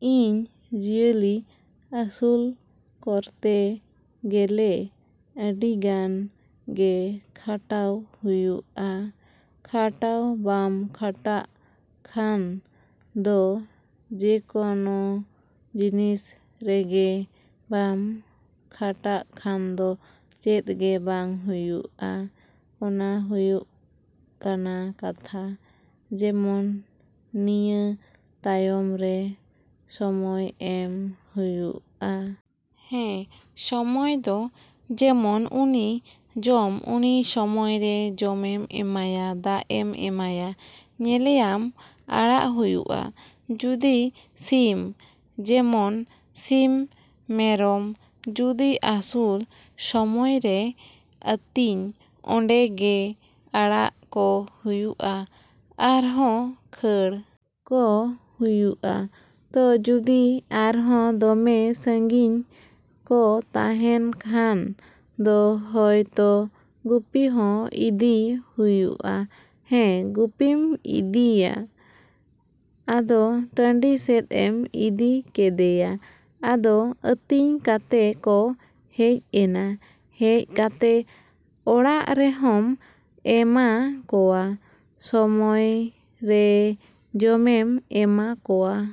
‎ᱤᱧ ᱡᱤᱭᱟᱹᱞᱤ ᱟᱹᱥᱩᱞ ᱠᱚᱨᱛᱮ ᱜᱮᱞᱮ ᱟᱹᱰᱤᱜᱟᱱ ᱜᱮ ᱠᱷᱟᱴᱟᱣ ᱦᱩᱭᱩᱜᱼᱟ᱾ ᱠᱷᱟᱴᱟᱣ ᱵᱟᱢ ᱠᱷᱟᱴᱟᱜ ᱠᱷᱟᱱ ᱫᱚ ᱡᱮᱠᱚᱱᱚ ᱡᱤᱱᱤᱥ ᱨᱮᱜᱮ ᱵᱟᱢ ᱠᱷᱟᱴᱟᱜ ᱠᱷᱟᱱ ᱫᱚ ᱪᱮᱫ ᱜᱮ ᱵᱟᱝ ᱦᱩᱭᱩᱜᱼᱟ᱾ ᱚᱱᱟ ᱦᱩᱭᱩᱜ ᱠᱟᱱᱟ ᱠᱟᱛᱷᱟ᱾ ᱡᱮᱢᱚᱱ ᱱᱤᱭᱟᱹ ᱛᱟᱭᱚᱢ ᱨᱮ ᱥᱚᱢᱚᱭ ᱮᱢ ᱦᱩᱭᱩᱜᱼᱟ᱾ ᱦᱮᱸ, ᱥᱚᱢᱚᱭ ᱫᱚ ᱡᱮᱢᱚᱱ ᱩᱱᱤ ᱡᱚᱢ ᱩᱱᱤ ᱥᱚᱢᱚᱭ ᱨᱮ ᱡᱚᱢᱮᱢ ᱮᱢᱟᱭᱟ, ᱫᱟᱜ ᱮᱢ ᱮᱢᱟᱭᱟ, ᱧᱮᱞᱮᱭᱟᱢ, ᱟᱲᱟᱜ ᱦᱩᱭᱩᱜᱼᱟ᱾ ᱡᱩᱫᱤ ᱥᱤᱢ ᱡᱮᱢᱚᱱ ᱥᱤᱢ ᱢᱮᱨᱚᱢ ᱡᱩᱫᱤ ᱟᱹᱥᱩᱞ ᱥᱚᱢᱚᱭ ᱨᱮ ᱟᱹᱛᱤᱧ ᱚᱸᱰᱮ ᱜᱮ ᱟᱲᱟᱜ ᱠᱚ ᱦᱩᱭᱩᱜᱼᱟ ᱟᱨᱦᱚᱸ ᱠᱷᱟ.ᱲ ᱠᱚ ᱦᱩᱭᱩᱜᱼᱟ᱾ ᱛᱚ ᱡᱩᱫᱤ ᱟᱨᱦᱚᱸ ᱫᱚᱢᱮ ᱥᱟᱺᱜᱤᱧ ᱠᱚ ᱛᱟᱦᱮᱱ ᱠᱷᱟᱱ ᱫᱚ ᱦᱚᱭᱛᱚ ᱜᱩᱯᱤ ᱦᱚᱸ ᱤᱫᱤᱭ ᱦᱩᱭᱩᱜᱼᱟ᱾ ᱦᱮᱸ, ᱜᱩᱯᱤᱢ ᱤᱫᱤᱭᱟ᱾ ᱟᱫᱚ ᱴᱟᱺᱰᱤ ᱥᱮᱫ ᱮᱢ ᱤᱫᱤ ᱠᱮᱫᱮᱭᱟ᱾ ᱟᱫᱚ ᱟᱹᱛᱤᱧ ᱠᱟᱛᱮ ᱠᱚ ᱦᱮᱡ ᱮᱱᱟ᱾ ᱦᱮᱡ ᱠᱟᱛᱮ ᱚᱲᱟᱜ ᱨᱮᱦᱚᱸᱢ ᱮᱢᱟ ᱠᱚᱣᱟ, ᱥᱚᱢᱚᱭ ᱨᱮ ᱡᱚᱢᱮᱢ ᱮᱢᱟ ᱠᱚᱣᱟ᱾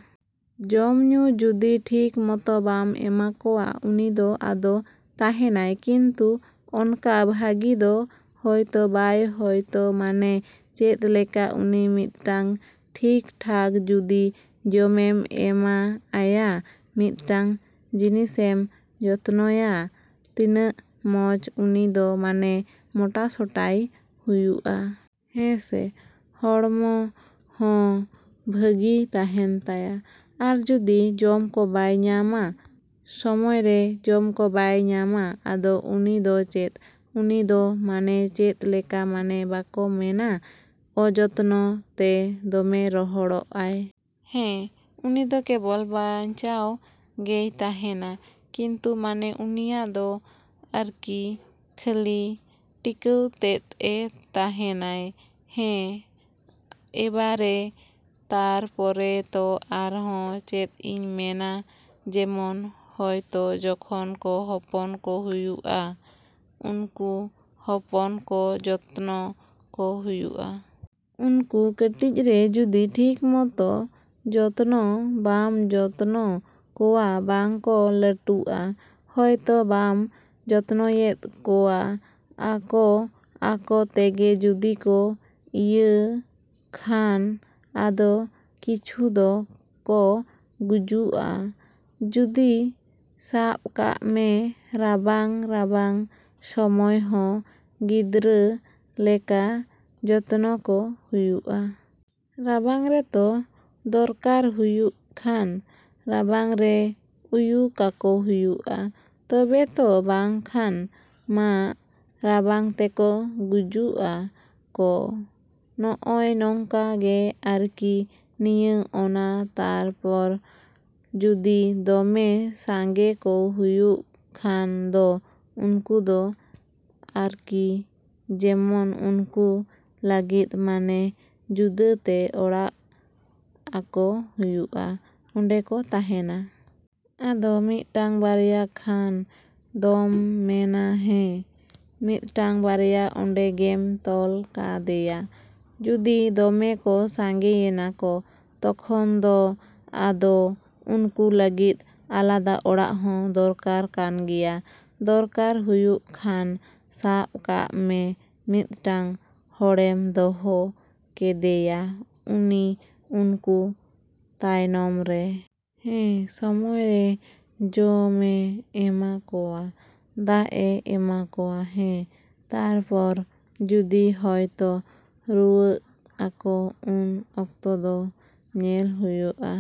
ᱡᱚᱢᱼᱧᱩ ᱡᱩᱫᱤ ᱴᱷᱤᱠ ᱢᱚᱛᱚ ᱵᱟᱢ ᱮᱢᱟ ᱠᱚᱣᱟ, ᱩᱱᱤ ᱫᱚ ᱟᱫᱚ ᱛᱟᱦᱮᱱᱟᱭ ᱠᱤᱱᱛᱩ ᱚᱱᱠᱟ ᱵᱷᱟᱹᱜᱤ ᱫᱚ ᱦᱚᱭᱛᱚ ᱵᱟᱭ ᱦᱚᱭᱛᱚ ᱢᱟᱱᱮ ᱪᱮᱫ ᱞᱮᱠᱟ ᱩᱱᱤ ᱢᱤᱫᱴᱟᱝ ᱴᱷᱤᱠ ᱴᱷᱟᱠ ᱡᱩᱫᱤ ᱡᱚᱢᱮᱢ ᱮᱢᱟ ᱟᱭᱟ, ᱢᱤᱫᱴᱟᱝ ᱡᱤᱱᱤᱥᱮᱢ ᱡᱚᱛᱱᱚᱭᱟ, ᱛᱤᱱᱟᱹᱜ ᱢᱚᱡᱽ ᱩᱱᱤ ᱫᱚ ᱢᱟᱱᱮ ᱢᱚᱴᱟᱥᱚᱴᱟᱭ ᱦᱩᱭᱩᱜᱼᱟ᱾ ᱦᱮᱸ ᱥᱮ ᱦᱚᱲᱢᱚ ᱦᱚᱸ ᱵᱷᱟᱹᱜᱤ ᱛᱟᱦᱮᱱ ᱛᱟᱭᱟ᱾ ᱟᱨ ᱡᱩᱫᱤ ᱡᱚᱢ ᱠᱚ ᱵᱟᱭ ᱧᱟᱢᱟ, ᱥᱚᱢᱚᱭ ᱨᱮ ᱡᱚᱢ ᱠᱚ ᱵᱟᱭ ᱧᱟᱢᱟ, ᱟᱫᱚ ᱩᱱᱤ ᱫᱚ ᱪᱮᱫ? ᱩᱱᱤ ᱫᱚ ᱢᱟᱱᱮ ᱪᱮᱫ ᱞᱮᱠᱟ ᱢᱟᱱᱮ ᱵᱟᱠᱚ ᱢᱮᱱᱟ ᱚᱡᱚᱛᱱᱚ ᱛᱮ ᱫᱚᱢᱮ ᱨᱚᱦᱚᱲᱚᱜᱼᱟᱭ᱾ ᱦᱮᱸ, ᱩᱱᱤ ᱫᱚ ᱠᱮᱵᱚᱞ ᱵᱟᱧᱪᱟᱣ ᱜᱮᱭ ᱛᱟᱦᱮᱱᱟ ᱠᱤᱱᱛᱩ ᱢᱟᱱᱮ ᱩᱱᱤᱭᱟᱜ ᱫᱚ ᱟᱨᱠᱤ ᱠᱷᱟᱹᱞᱤ ᱴᱤᱠᱟᱹᱣ ᱛᱮᱫ ᱮ ᱛᱟᱦᱮᱱᱟᱭ᱾ ᱦᱮᱸ, ᱮᱵᱟᱨᱮ ᱛᱟᱨᱯᱚᱨᱮ ᱛᱚ ᱟᱨᱦᱚᱸ ᱪᱮᱫ ᱤᱧ ᱢᱮᱱᱟ ᱡᱮᱢᱚᱱ ᱦᱚᱭᱛᱚ ᱡᱚᱠᱷᱚᱱ ᱠᱚ ᱦᱚᱯᱚᱱ ᱠᱚ ᱦᱩᱭᱩᱜᱼᱟ, ᱩᱱᱠᱩ ᱦᱚᱯᱚᱱ ᱠᱚ ᱡᱚᱛᱱᱚ ᱠᱚ ᱦᱩᱭᱩᱜᱼᱟ᱾ ᱩᱱᱠᱩ ᱠᱟᱹᱴᱤᱡ ᱨᱮ ᱡᱩᱫᱤ ᱴᱷᱤᱠ ᱢᱚᱛᱚ ᱡᱚᱛᱱᱚ ᱵᱟᱢ ᱡᱚᱛᱱᱚ ᱠᱚᱣᱟ, ᱵᱟᱝ ᱠᱚ ᱞᱟᱹᱴᱩᱜᱼᱟ᱾ ᱦᱚᱭᱛᱚ ᱵᱟᱢ ᱡᱚᱛᱱᱚᱭᱮᱫ ᱠᱚᱣᱟ, ᱟᱠᱚ ᱟᱠᱚ ᱛᱮᱜᱮ ᱡᱩᱫᱤ ᱠᱚ ᱤᱭᱟᱹ ᱠᱷᱟᱱ ᱟᱫᱚ ᱠᱤᱪᱷᱩ ᱫᱚ ᱠᱚ ᱜᱩᱡᱩᱜᱼᱟ᱾ ᱡᱩᱫᱤ ᱥᱟᱵ ᱠᱟᱜ ᱢᱮ ᱨᱟᱵᱟᱝ ᱨᱟᱵᱟᱝ ᱥᱚᱢᱚᱭ ᱦᱚᱸ ᱜᱤᱫᱽᱨᱟᱹ ᱞᱮᱠᱟ ᱡᱚᱛᱱᱚ ᱠᱚ ᱦᱩᱭᱩᱜᱼᱟ᱾ ᱨᱟᱵᱟᱝ ᱨᱮ ᱛᱚ ᱫᱚᱨᱠᱟᱨ ᱦᱩᱭᱩᱜ ᱠᱷᱟᱱ ᱨᱟᱵᱟᱝ ᱨᱮ ᱩᱭᱩ ᱠᱟᱠᱚ ᱦᱩᱭᱩᱜᱼᱟ᱾ ᱛᱚᱵᱮ ᱛᱚ ᱵᱟᱝ ᱠᱷᱟᱱ ᱢᱟ ᱨᱟᱵᱟᱝ ᱛᱮ ᱠᱚ ᱜᱚᱡᱩᱜᱼᱟ ᱠᱚ᱾ ᱱᱚᱜᱼᱚᱭ ᱱᱚᱝᱠᱟ ᱜᱮ ᱟᱨᱠᱤ ᱱᱤᱭᱟᱹ ᱚᱱᱟ ᱛᱟᱨᱯᱚᱨ ᱡᱩᱫᱤ ᱫᱚᱢᱮ ᱥᱟᱸᱜᱮ ᱠᱚ ᱦᱩᱭᱩᱜ ᱠᱷᱟᱱ ᱫᱚ ᱩᱱᱠᱩ ᱫᱚ ᱟᱨᱠᱤ ᱡᱮᱢᱚᱱ ᱩᱱᱠᱩ ᱞᱟᱹᱜᱤᱫ ᱢᱟᱱᱮ ᱡᱩᱫᱟᱹ ᱛᱮ ᱚᱲᱟᱜ ᱟᱠᱚ ᱦᱩᱭᱩᱜᱼᱟ, ᱚᱸᱰᱮ ᱠᱚ ᱛᱟᱦᱮᱱᱟ᱾ ᱟᱫᱚ ᱢᱤᱫᱴᱟᱝ ᱵᱟᱨᱭᱟ ᱠᱷᱟᱱ ᱫᱚᱢ ᱢᱮᱱᱟ ᱦᱮᱸ, ᱢᱤᱫᱴᱟᱝ ᱵᱟᱨᱭᱟ ᱚᱸᱰᱮ ᱜᱮᱢ ᱛᱚᱞ ᱠᱟᱫᱮᱭᱟ᱾ ᱡᱩᱫᱤ ᱫᱚᱢᱮ ᱠᱚ ᱥᱟᱸᱜᱮᱭᱮᱱᱟ ᱠᱚ, ᱛᱚᱠᱷᱚᱱ ᱫᱚ ᱟᱫᱚ ᱩᱱᱠᱩ ᱞᱟᱹᱜᱤᱫ ᱟᱞᱟᱫᱟ ᱚᱲᱟᱜ ᱦᱚᱸ ᱫᱚᱨᱠᱟᱨ ᱠᱟᱱ ᱜᱮᱭᱟ᱾ ᱫᱚᱨᱠᱟᱨ ᱦᱩᱭᱩᱜ ᱠᱷᱟᱱ ᱥᱟᱵ ᱠᱟᱜ ᱢᱮ ᱢᱤᱫᱴᱟᱹᱝ ᱦᱚᱲᱮᱢ ᱫᱚᱦᱚ ᱠᱟᱫᱮᱭᱟ ᱩᱱᱤ ᱩᱱᱠᱩ ᱛᱟᱭᱱᱚᱢ ᱨᱮ᱾ ᱦᱮᱸ, ᱥᱚᱢᱚᱭ ᱨᱮ ᱡᱚᱢᱮ ᱮᱢᱟ ᱠᱚᱣᱟ, ᱫᱟᱜ ᱮ ᱮᱢᱟ ᱠᱚᱣᱟ᱾ ᱦᱮᱸ, ᱛᱟᱨᱯᱚᱨ ᱡᱩᱫᱤ ᱦᱚᱭᱛᱚ ᱨᱩᱣᱟᱹᱜ ᱟᱠᱚ ᱩᱱ ᱚᱠᱛᱚ ᱫᱚ ᱧᱮᱞ ᱦᱳᱭᱳᱜᱼᱟ᱾